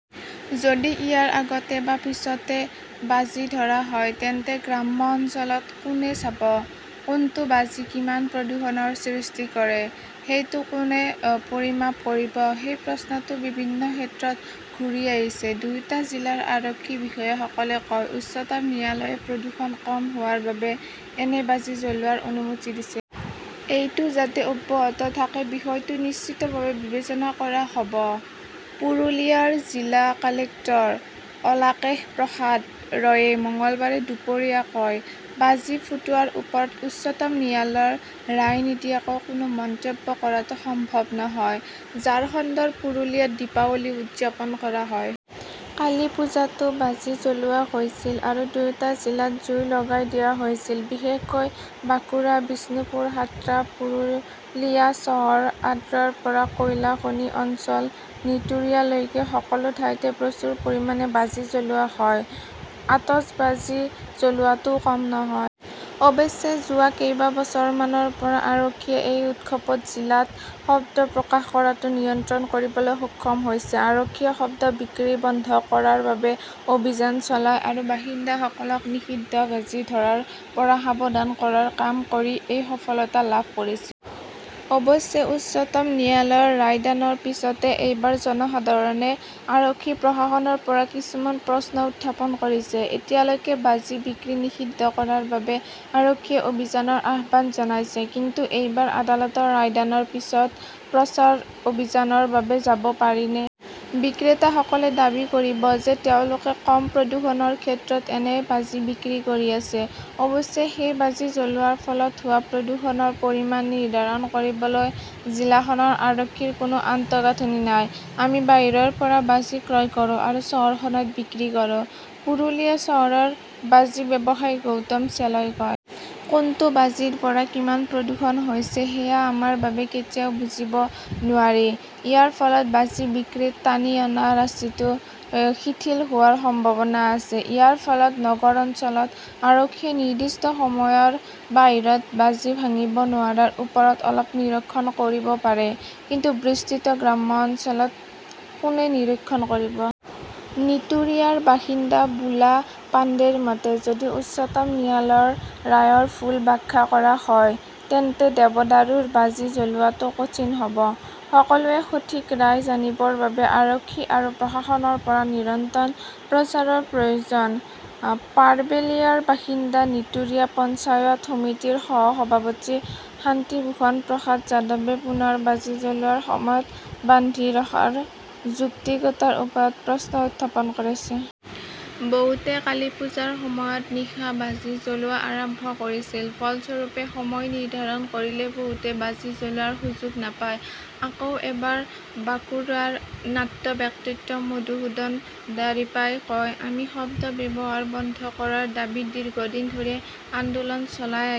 যদি ইয়াৰ আগতে বা পিছত বাজি ধৰা হয়, তেন্তে গ্ৰাম্য অঞ্চলত কোনে চাব? কোনটো বাজি কিমান প্ৰদূষণৰ সৃষ্টি কৰে, সেইটো কোনে পৰিমাপ কৰিব? সেই প্ৰশ্নটো বিভিন্ন ক্ষেত্ৰত ঘূৰি আহিছে। দুয়োটা জিলাৰ আৰক্ষী বিষয়াসকলে কয়, "উচ্চতম ন্যায়ালয়ে প্ৰদূষণ কম হোৱাৰ বাবে এনে বাজি জ্বলোৱাৰ অনুমতি দিছে। এইটো যাতে অব্যাহত থাকে, বিষয়টো নিশ্চিতভাৱে বিবেচনা কৰা হব"। পুৰুলিয়াৰ জিলা কালেক্টৰ অলাকেশ প্ৰসাদ ৰয়ে মঙলবাৰে দুপৰীয়া কয়, "বাজি ফুুুটুৱাৰ ওপৰত উচ্চতম ন্যায়ালয়ৰ ৰায় নিদিয়াকৈ কোনো মন্তব্য কৰাটো সম্ভৱ নহয়"। ঝাৰখণ্ডৰ পুৰুলিয়াত দীপাৱলী উদযাপন কৰা হয়। কালীপুজাতো বাজি জ্বলোৱা হৈছিল আৰু দুয়োটা জিলাত জুই লগাই দিয়া হৈছিল। বিশেষকৈ বাঁকুৰা, বিষ্ণুপুৰ, খাট্ৰা, পুৰুলিয়া চহৰ, আদ্ৰাৰ পৰা কয়লা খনি অঞ্চল নীতুৰিয়া লৈকে সকলো ঠাইতে প্ৰচুৰ পৰিমাণে বাজি জ্বলোৱা হয়। আতচবাজী জ্বলোৱাটোও কম নহয়। অৱশ্যে, যোৱা কেইবছৰমানৰ পৰা আৰক্ষীয়ে এই উৎসৱত জিলাত শব্দ প্ৰকাশ কৰাটো নিয়ন্ত্ৰণ কৰিবলৈ সক্ষম হৈছে। আৰক্ষীয়ে শব্দ বিক্ৰী বন্ধ কৰাৰ বাবে অভিযান চলায় আৰু বাসিন্দাসকলক নিষিদ্ধ বাজি ধৰাৰ পৰা সাৱধান কৰাৰ কাম কৰি এই সফলতা লাভ কৰিছিল। অৱশ্যে, উচ্চতম ন্যায়ালয়ৰ ৰায়দানৰ পিছত এইবাৰ জনসাধাৰণে আৰক্ষী-প্ৰশাসনৰ পৰা কিছুমান প্ৰশ্ন উত্থাপন কৰিছে। এতিয়ালৈকে বাজি বিক্ৰী নিষিদ্ধ কৰাৰ বাবে আৰক্ষীয়ে অভিযানৰ আহ্বান জনাইছে। কিন্তু এইবাৰ আদালতৰ ৰায়দানৰ পিছত প্ৰচাৰ অভিযানৰ বাবে যাব পাৰি নেকি? বিক্ৰেতাসকলে দাবী কৰিব যে, তেওঁলোকে কম প্ৰদূষণৰ ক্ষেত্ৰত এনে বাজি বিক্ৰী কৰি আছে। অৱশ্যে, সেই বাজি জ্বলোৱাৰ ফলত হোৱা প্ৰদূষণৰ পৰিমাণ নিৰ্ধাৰণ কৰিবলৈ জিলাখনৰ আৰক্ষীৰ কোনো আন্তঃগাঁথনি নাই। "আমি বাহিৰৰ পৰা বাজি ক্ৰয় কৰোঁ আৰু চহৰখনত বিক্ৰী কৰোঁ", পুৰুলিয়া চহৰৰ বাজি ব্যৱসায়ী গৌতম চেলই কয়। কোনটো বাজিৰ পৰা কিমান প্ৰদূষণ হৈছে, সেয়া আমাৰ বাবে কেতিয়াও বুজিব নোৱাৰি। ইয়াৰ ফলত বাজি বিক্ৰীত টানি অনা ৰছিটো শিথিল হোৱাৰ সম্ভাৱনা আছে। ইয়াৰ ফলত নগৰ অঞ্চলত আৰক্ষীয়ে নিৰ্দিষ্ট সময়ৰ বাহিৰত বাজি ভাঙিব নোৱাৰাৰ ওপৰত অলপ নিৰীক্ষণ কৰিব পাৰে, কিন্তু বিস্তৃত গ্ৰাম্য অঞ্চলত কোনে নিৰীক্ষণ কৰিব? নীতুৰিয়াৰ বাসিন্দা বুলা পাণ্ডেৰ মতে, "যদি উচ্চতম ন্যায়ালয়ৰ ৰায়ৰ ভুল ব্যাখ্যা কৰা হয়, তেন্তে দেৱদাৰুৰ বাজি জ্বলোৱাটো কঠিন হব। সকলোৱে সঠিক ৰায় জানিবৰ বাবে আৰক্ষী আৰু প্ৰশাসনৰ পৰা নিৰন্তৰ প্ৰচাৰৰ প্ৰয়োজন"। পাৰ্বেলিয়াৰ বাসিন্দা নীতুৰিয়া পঞ্চায়ত সমিতিৰ সহ-সভাপতি শান্তিভূষণ প্ৰসাদ যাদৱে পুনৰ বাজি জ্বলোৱাৰ সময়ত বান্ধি ৰখাৰ যৌক্তিকতাৰ ওপৰত প্ৰশ্ন উত্থাপন কৰিছে। "বহুতে কালীপূজাৰ সময়ত নিশা বাজি জ্বলোৱা আৰম্ভ কৰিছিল। ফলস্বৰূপে, সময় নিৰ্ধাৰণ কৰিলে বহুতে বাজি জ্বলোৱাৰ সুযোগ নাপায়"। আকৌ এবাৰ বাঁকুৰাৰ নাট্য ব্যক্তিত্ব মধুসূদন দাৰিপাই কয়, "আমি শব্দ ব্যৱহাৰ বন্ধ কৰাৰ দাবীত দীৰ্ঘদিন ধৰি আন্দোলন চলাই আহিছো"।